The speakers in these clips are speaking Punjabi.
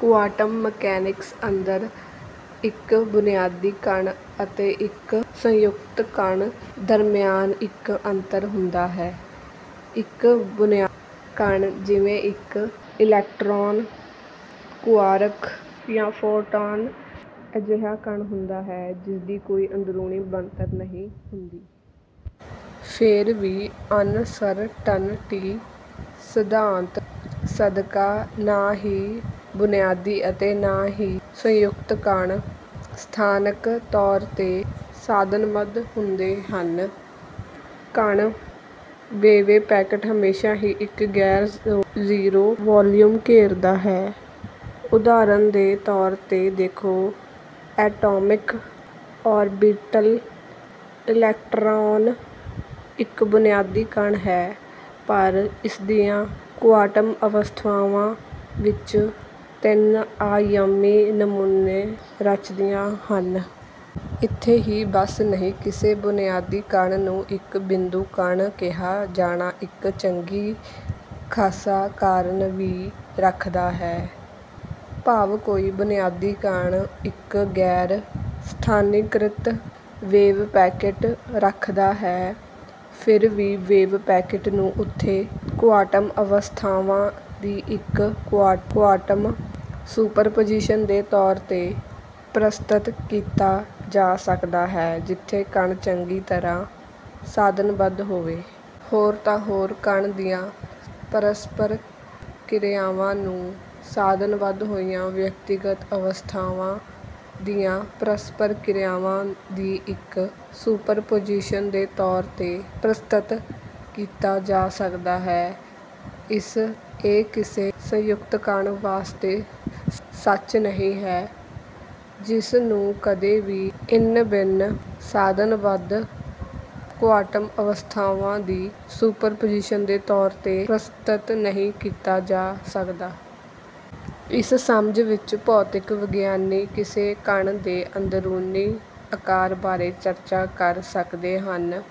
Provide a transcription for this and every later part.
ਕੁਆਂਟਮ ਮਕੈਨਿਕਸ ਅੰਦਰ, ਇੱਕ ਬੁਨਿਆਦੀ ਕਣ ਅਤੇ ਇੱਕ ਸੰਯੁਕਤ ਕਣ ਦਰਮਿਆਨ ਇੱਕ ਅੰਤਰ ਹੁੰਦਾ ਹੈ। ਇੱਕ ਬੁਨਿਆਦੀ ਕਣ, ਜਿਵੇਂ ਇੱਕ ਇਲੈਕਟ੍ਰੌਨ, ਕੁਆਰਕ, ਜਾਂ ਫੋਟੌਨ, ਅਜਿਹਾ ਕਣ ਹੁੰਦਾ ਹੈ ਜਿਸਦੀ ਕੋਈ ਅੰਦਰੂਨੀ ਬਣਤਰ ਨਹੀਂ ਹੁੰਦੀ। ਫੇਰ ਵੀ, ਅਨਸਰਟਨਟੀ ਸਿਧਾਂਤ ਸਦਕਾ, ਨਾ ਹੀ ਬੁਨਿਆਦੀ ਅਤੇ ਨਾ ਹੀ ਸੰਯੁਕਤ ਕਣ ਸਥਾਨਿਕ ਤੌਰ ਤੇ ਸਥਾਨਬੱਧ ਹੁੰਦੇ ਹਨ। ਕਣ ਵੇਵਪੈਕਟ ਹਮੇਸ਼ਾਂ ਹੀ ਇੱਕ ਗੈਰ-ਜ਼ੀਰੋ ਵੌਲੀਊਮ ਘੇਰਦਾ ਹੈ। ਉਦਾਹਰਨ ਦੇ ਤੌਰ ਤੇ, ਦੇਖੋ ਐਟੌਮਿਕ ਔਰਬਿਟਲ: ਇਲੈਕਟ੍ਰੌਨ ਇੱਕ ਬੁਨਿਆਦੀ ਕਣ ਹੈ, ਪਰ ਇਸਦੀਆਂ ਕੁਆਂਟਮ ਅਵਸਥਾਵਾਂ ਤਿੰਨ-ਅਯਾਮੀ ਨਮੂਨੇ ਰਚਦੀਆਂ ਹਨ। ਇੱਥੇ ਹੀ ਬੱਸ ਨਹੀਂ, ਕਿਸੇ ਬੁਨਿਆਦੀ ਕਣ ਨੂੰ ਇੱਕ ਬਿੰਦੂ ਕਣ ਕਿਹਾ ਜਾਣਾ ਇੱਕ ਚੰਗਾ ਖਾਸਾ ਕਾਰਨ ਵੀ ਰੱਖਦਾ ਹੈ। ਭਾਵੇਂ ਕੋਈ ਬੁਨਿਆਦੀ ਕਣ ਇੱਕ ਗੈਰ-ਸਥਾਨੀਕ੍ਰਿਤ ਵੇਵਪੈਕਟ ਰੱਖਦਾ ਹੈ, ਫੇਰ ਵੀ ਵੇਵਪੈਕਟ ਨੂੰ ਉੱਥੇ ਕੁਆਂਟਮ ਅਵਸਥਾਵਾਂ ਦੀ ਇੱਕ ਕੁਆਂਟਮ ਸੁਪਰਪੁਜੀਸ਼ਨ ਦੇ ਤੌਰ ਤੇ ਪ੍ਰਸਤੁਤ ਕੀਤਾ ਜਾ ਸਕਦਾ ਹੈ ਜਿੱਥੇ ਕਣ ਚੰਗੀ ਤਰ੍ਹਾਂ ਸਥਾਨਬੱਧ ਹੋਵੇ। ਹੋਰ ਤਾਂ ਹੋਰ, ਕਣ ਦੀਆਂ ਪਰਸਪਰ ਕ੍ਰਿਆਵਾਂ ਨੂੰ ਸਥਾਨਬੱਧ ਹੋਈਆਂ ਵਿਅਕਤੀਗਤ ਅਵਸਥਾਵਾਂ ਦੀਆਂ ਪਰਸਪਰ ਕ੍ਰਿਆਵਾਂ ਦੀ ਇੱਕ ਸੁਪਰਪੁਜੀਸ਼ਨ ਦੇ ਤੌਰ ਤੇ ਪ੍ਰਸਤੁਤ ਕੀਤਾ ਜਾ ਸਕਦਾ ਹੈ। ਇਹ ਕਿਸੇ ਸੰਯੁਕਤ ਕਣ ਵਾਸਤੇ ਸੱਚ ਨਹੀਂ ਹੈ, ਜਿਸ ਨੂੰ ਕਦੇ ਵੀ ਇੰਨਬਿੰਨ-ਸਥਾਨਬੱਧ ਕੁਆਂਟਮ ਅਵਸਥਾਵਾਂ ਦੀ ਕਿਸੇ ਸੁਪਰਪੁਜੀਸ਼ਨ ਦੇ ਤੌਰ ਤੇ ਪ੍ਰਸਤੁਤ ਨਹੀਂ ਕੀਤਾ ਜਾ ਸਕਦਾ। ਇਸ ਸਮਝ ਵਿੱਚ, ਭੌਤਿਕ ਵਿਗਿਆਨੀ ਕਿਸੇ ਕਣ ਦੇ ਅੰਦਰੂਨੀ ਅਕਾਰ ਬਾਰੇ ਚਰਚਾ ਕਰ ਸਕਦੇ ਹਨ: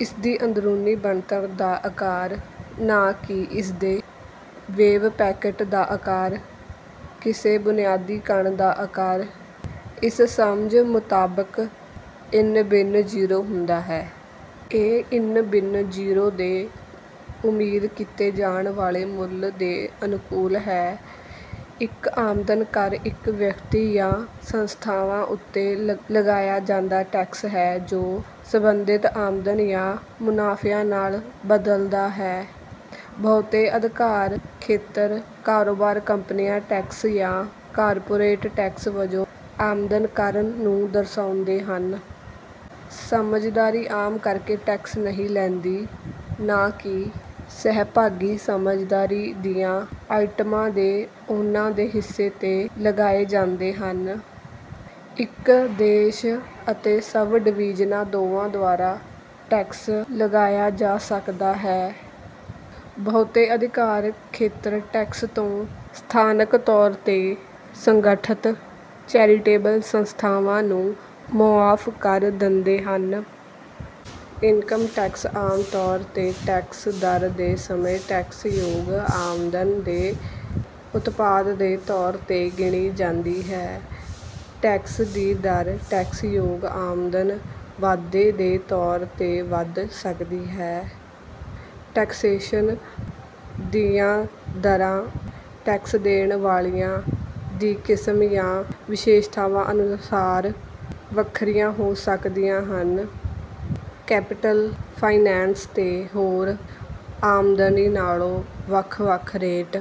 ਇਸਦੀ ਅੰਦਰੂਨੀ ਬਣਤਰ ਦਾ ਅਕਾਰ, ਨਾ ਕਿ ਇਸਦੇ ਵੇਵਪੈਕਟ ਦਾ ਅਕਾਰ। ਕਿਸੇ ਬੁਨਿਆਦੀ ਕਣ ਦਾ ਅਕਾਰ, ਇਸ ਸਮਝ ਮੁਤਾਬਿਕ, ਇੰਨਬਿੰਨ ਜ਼ੀਰੋ ਹੁੰਦਾ ਹੈ। ਇਹ ਇੰਨਬਿੰਨ ਜ਼ੀਰੋ ਦੇ ਉਮੀਦ ਕੀਤੇ ਜਾਣ ਵਾਲੇ ਮੁੱਲ ਦੇ ਅਨੁਕੂਲ ਹੈ। ਇੱਕ ਆਮਦਨ ਕਰ ਇੱਕ ਵਿਅਕਤੀ ਜਾਂ ਸੰਸਥਾਵਾਂ ਉੱਤੇ ਲਗਾਇਆ ਜਾਂਦਾ ਟੈਕਸ ਹੈ ਜੋ ਸੰਬੰਧਤ ਆਮਦਨ ਜਾਂ ਮੁਨਾਫਿਆਂ ਨਾਲ ਬਦਲਦਾ ਹੈ। ਬਹੁਤੇ ਅਧਿਕਾਰ ਖੇਤਰ ਕਾਰੋਬਾਰ ਕੰਪਨੀਆਂ ਟੈਕਸ ਜਾਂ ਕਾਰਪੋਰੇਟ ਟੈਕਸ ਵਜੋਂ ਆਮਦਨ ਕਰ ਨੂੰ ਦਰਸਾਉਂਦੇ ਹਨ। ਸਾਂਝੇਦਾਰੀ ਆਮ ਕਰਕੇ ਟੈਕਸ ਨਹੀਂ ਲਗਦੀ; ਨਾ ਕਿ, ਸਹਿਭਾਗੀ ਸਾਂਝੇਦਾਰੀ ਦੀਆਂ ਆਈਟਮਾਂ ਦੇ ਉਨ੍ਹਾਂ ਦੇ ਹਿੱਸੇ ਤੇ ਲਗਾਏ ਜਾਂਦੇ ਹਨ। ਇੱਕ ਦੇਸ਼ ਅਤੇ ਸਬ-ਡਿਵੀਜ਼ਨਾਂ ਦੋਵਾਂ ਦੁਆਰਾ ਟੈਕਸ ਲਗਾਇਆ ਜਾ ਸਕਦਾ ਹੈ। ਬਹੁਤੇ ਅਧਿਕਾਰ ਖੇਤਰ ਟੈਕਸ ਤੋਂ ਸਥਾਨਿਕ ਤੌਰ ਤੇ ਸੰਗਠਤ ਚੈਰੀਟੇਬਲ ਸੰਸਥਾਵਾਂ ਨੂੰ ਮੁਆਫ ਕਰ ਦਿੰਦੇ ਹਨ। ਇਨਕਮ ਟੈਕਸ ਆਮ ਤੌਰ ਤੇ ਟੈਕਸ ਦਰ ਦੇ ਸਮੇਂ ਟੈਕਸਯੋਗ ਆਮਦਨ ਦੇ ਉਤਪਾਦ ਦੇ ਤੌਰ ਤੇ ਗਿਣੀ ਜਾਂਦੀ ਹੈ। ਟੈਕਸ ਦੀ ਦਰ ਟੈਕਸਯੋਗ ਆਮਦਨ ਵਾਧੇ ਦੇ ਤੌਰ ਤੇ ਵਧ ਸਕਦੀ ਹੈ। ਟੈਕਸੇਸ਼ਨ ਦੀਆਂ ਦਰਾਂ ਟੈਕਸ ਦੇਣ ਵਾਲਿਆਂ ਦੀ ਕਿਸਮ ਜਾਂ ਵਿਸ਼ੇਸ਼ਤਾਵਾਂ ਅਨੁਸਾਰ ਵੱਖਰੀਆਂ ਹੋ ਸਕਦੀਆਂ ਹਨ। ਕੈਪੀਟਲ ਫਾਇਨਾਂਸ ਤੇ ਹੋਰ ਆਮਦਨੀ ਨਾਲੋਂ ਵੱਖ ਵੱਖ ਰੇਟ...